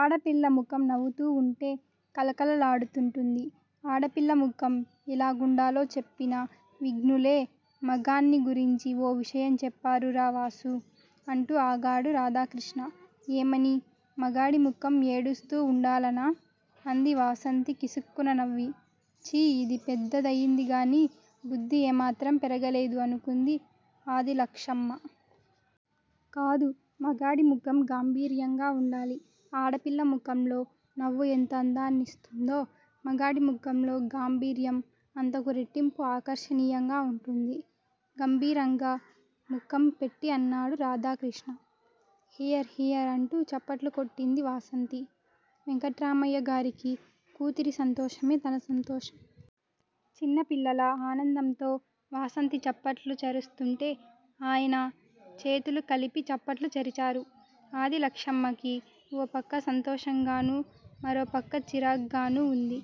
ఆడపిల్ల ముఖం నవ్వుతూ వుంటే కళకళలాడుతుంటుంది. ఆడపిల్ల ముఖం ఎలాగుండాలో చెప్పిన విజ్ఞులే మగాణ్ని గురించి ఓ విషయం చెప్పారురా వాసూ! అంటూ ఆగాడు రాధాకృష్ణ. ఏమని? మగాడి ముఖం ఏడుస్తూ వుండాలనా? అంది వాసంతి కిసుక్కున నవ్వి. ఛీ ఇది పెద్దదయిందిగాని బుద్ధి ఏమాత్రం పెరగలేదు అనుకుంది ఆదిలక్షమ్మ. కాదు. మగాడి ముఖం గాంభీర్యంగా వుండాలి. ఆడపిల్ల ముఖంలో నవ్వు ఎంత అందాన్నిస్తుందో మగాడి ముఖంలో గాంభీర్యం అంతకు రెట్టింపు ఆకర్షణీయంగా వుంటుంది. గంభీరంగా ముఖం పెట్టి అన్నాడు రాధాకృష్ణ. హియర్ హియర్ అంటూ చప్పట్లు కొట్టింది వాసంతి. వెంకట్రామయ్యగారికి కూతురి సంతోషమే తన సంతోషం. చిన్న పిల్లలా ఆనందంతో వాసంతి చప్పట్లు చరుస్తుంటే ఆయనా చేతులు కలిసి చప్పట్లు చరిచారు. ఆదిలక్షమ్మకి ఓ పక్క సంతోషంగాను మరో పక్క చిరాగ్గాను వుంది.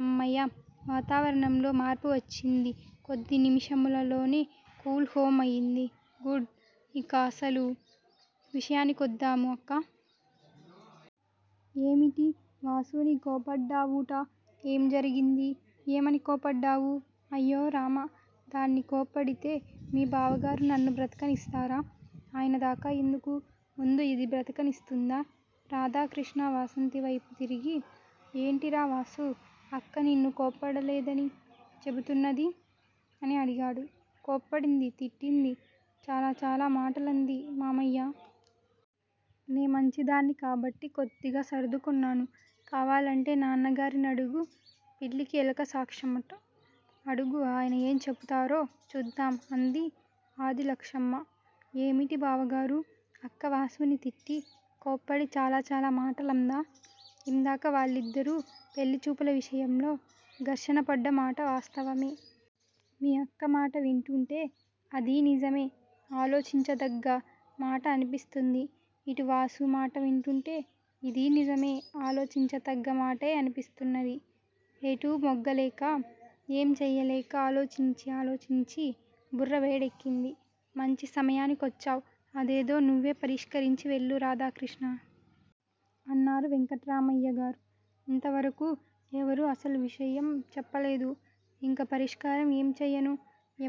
అమ్మయ్య! వాతావరణంలో మార్పు వచ్చింది కొద్ది నిమిషములలోనే కూల్ హోమ్ అయింది. గుడ్. ఇహ అసలు విషయానికొద్దాము. అక్కా! ఏమిటి వాసూని కోప్పడ్డావుట? ఏం జరిగింది? ఏమని కోప్పడ్డావు? అయ్యోరామ! దాన్ని కోప్పడితే మీ బావగారు నన్ను బ్రతకనిస్తారా? ఆయనదాకా ఎందుకు ముందు యిది బ్రతకనిస్తుందా? రాధాకృష్ణ వాసంతివైపు తిరిగి. ఏంటిరా వాసూ! అక్క నిన్ను కోప్పడలేదని చెపుతున్నది? అని అడిగాడు. కోప్పడింది తిట్టింది. చాలాచాలా మాటలంది మామయ్యా! నే మంచిదాన్ని కాబట్టి కొద్దిగా సర్దుకున్నాను. కావాలంటే నాన్నగారినడుగు. పిల్లికి ఎలుక సాక్ష్యంట. అడుగు ఆయన ఏం చెపుతారో చూద్దాం అంది ఆదిలక్షమ్మ. ఏమిటి బావగారూ! అక్క వాసూని తిట్టి కోప్పడి చాలా చాలా మాటలందా! ఇందాక వాళ్ళిద్దరూ పెళ్ళిచూపుల విషయంలో ఘర్షణ పడ్డ మాట వాస్తవమే. మీ అక్క మాట వింటుంటే అదీ నిజమే ఆలోచించతగ్గ మాట అనిపిస్తుంది. ఇటు వాసు మాట వింటుంటే ఇదీ నిజమే ఆలోచించి తగ్గ మాటే అనిపిస్తున్నది. ఎటూ మొగ్గలేక ఏం చెయ్యలేక ఆలోచించి ఆలోచించి బుర్ర వేడెక్కింది. మంచి సమయానికొచ్చావ్ అదేదో నువ్వే పరిష్కరించి వెళ్ళు రాధాకృష్ణా! అన్నారు వెంకట్రామయ్యగారు. ఇంతవరకూ ఎవరూ అసలు విషయం చెప్పలేదు. ఇంక పరిష్కారం ఏం చెయ్యను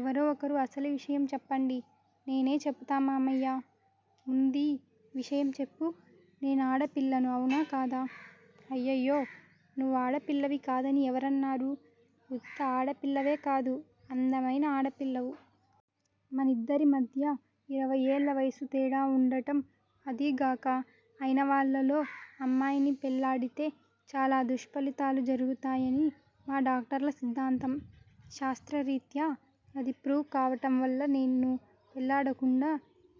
ఎవరో ఒకరు అసలు విషయం చెప్పండి. నేనే చెపుతా మామయ్యా! ముందీ విషయం చెప్పు. నేనాడపిల్లను అవునా కాదా? అయ్యయ్యో! నువ్వాడపిల్లవి కాదని ఎవరన్నారు? ఉత్త ఆడపిల్లవేకాదు అందమైన ఆడపిల్లవు. మనిద్దరిమధ్య యిరవై ఏళ్ళ వయసు తేడా వుండటం అదీగాక అయినవాళ్ళలో అమ్మాయిని పెళ్లాడితే చాలా దుష్పలితాలు జరుగుతాయని మా డాక్టర్ల సిద్ధాంతం. శాస్త్రరీత్యా అది ప్రూవ్ కావటం వల్ల నిన్ను పెళ్ళాడకుండా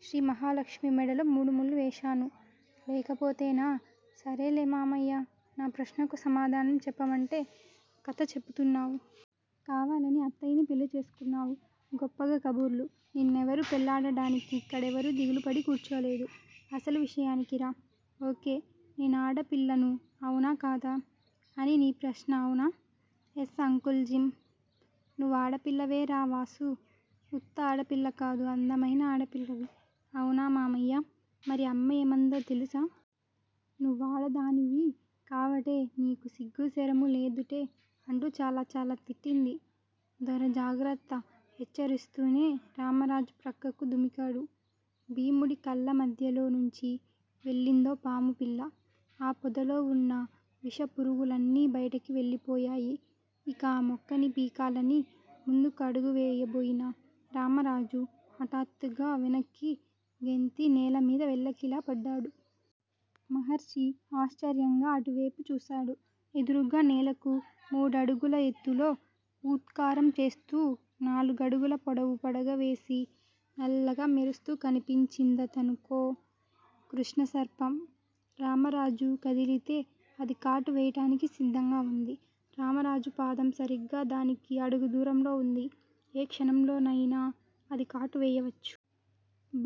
శ్రీమహాలక్ష్మి మెడలో మూడుముళ్ళు వేశాను. లేకపోతేనా? సరేలే మామయ్య! నా ప్రశ్నకు సమాధానం చెప్పమంటే కథ చెపుతున్నావు. కావాలని అత్తయ్యని పెళ్ళిచేసుకున్నావు. గొప్పగ కబుర్లు. నిన్నెవరూ పెళ్ళాడటానికి ఇక్కడెవరు దిగులుపడి కూర్చోలేదు. అసలు విషయానికిరా. ఓకే. నేనాడపిల్లను అవునా కాదా? అని నీ ప్రశ్న అవునా! Yes uncle Jim. నువ్వాడపిల్లవేరా వాసూ! ఉత్త ఆడపిల్లకాదు అందమైన ఆడపిల్లవి. అవునా మామయ్య! మరి అమ్మేమందో తెలుసా! నువ్వాడదానివి కావటే నీకు సిగ్గు సెరము లేదుటే! అంటూ చాలాచాలా తిట్టింది. దొరా జాగ్రత్త హెచ్చరిస్తూనే రామరాజు ప్రక్కకు దుమికాడు. భీముడి కళ్ళమధ్యలోనుంచి వెళ్ళిందో పాముపిల్ల. ఆ పొదలోవున్న విషపురుగులన్నీ బయటికి వెళ్ళిపోయాయి. ఇక ఆ మొక్కని పీకాలని ముందుకు అడుగువేయబోయిన రామరాజు హఠాత్తుగా వెనక్కి గెంతి నేలమీద వెల్లకిలా పడ్డాడు. మహర్షి ఆశ్చర్యంగా అటువేపు చూసాడు. ఎదురుగా నేలకు మూడడుగుల ఎత్తులో ఊత్కారం చేస్తూ నాలుగడుగుల పొడవు పడగవేసి నల్లగా మెరుస్తూ కనిపించిందతనకో కృష్ణసర్పం. రామరాజు కదిలితే అది కాటు వేయడానికి సిద్ధంగా వుంది. రామరాజు పాదం సరిగ్గా దానికి అడుగు దూరంలో వుంది. ఏ క్షణంలోనయినా అది కాటు వేయవచ్చు.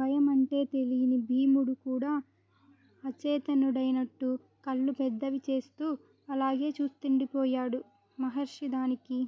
భయమంటే తెలీని భీముడు కూడా అచేతనుడైనట్టు కళ్ళు పెద్దవి చేస్తూ అలాగే చూస్తుండిపోయాడు. మహర్షి దానికి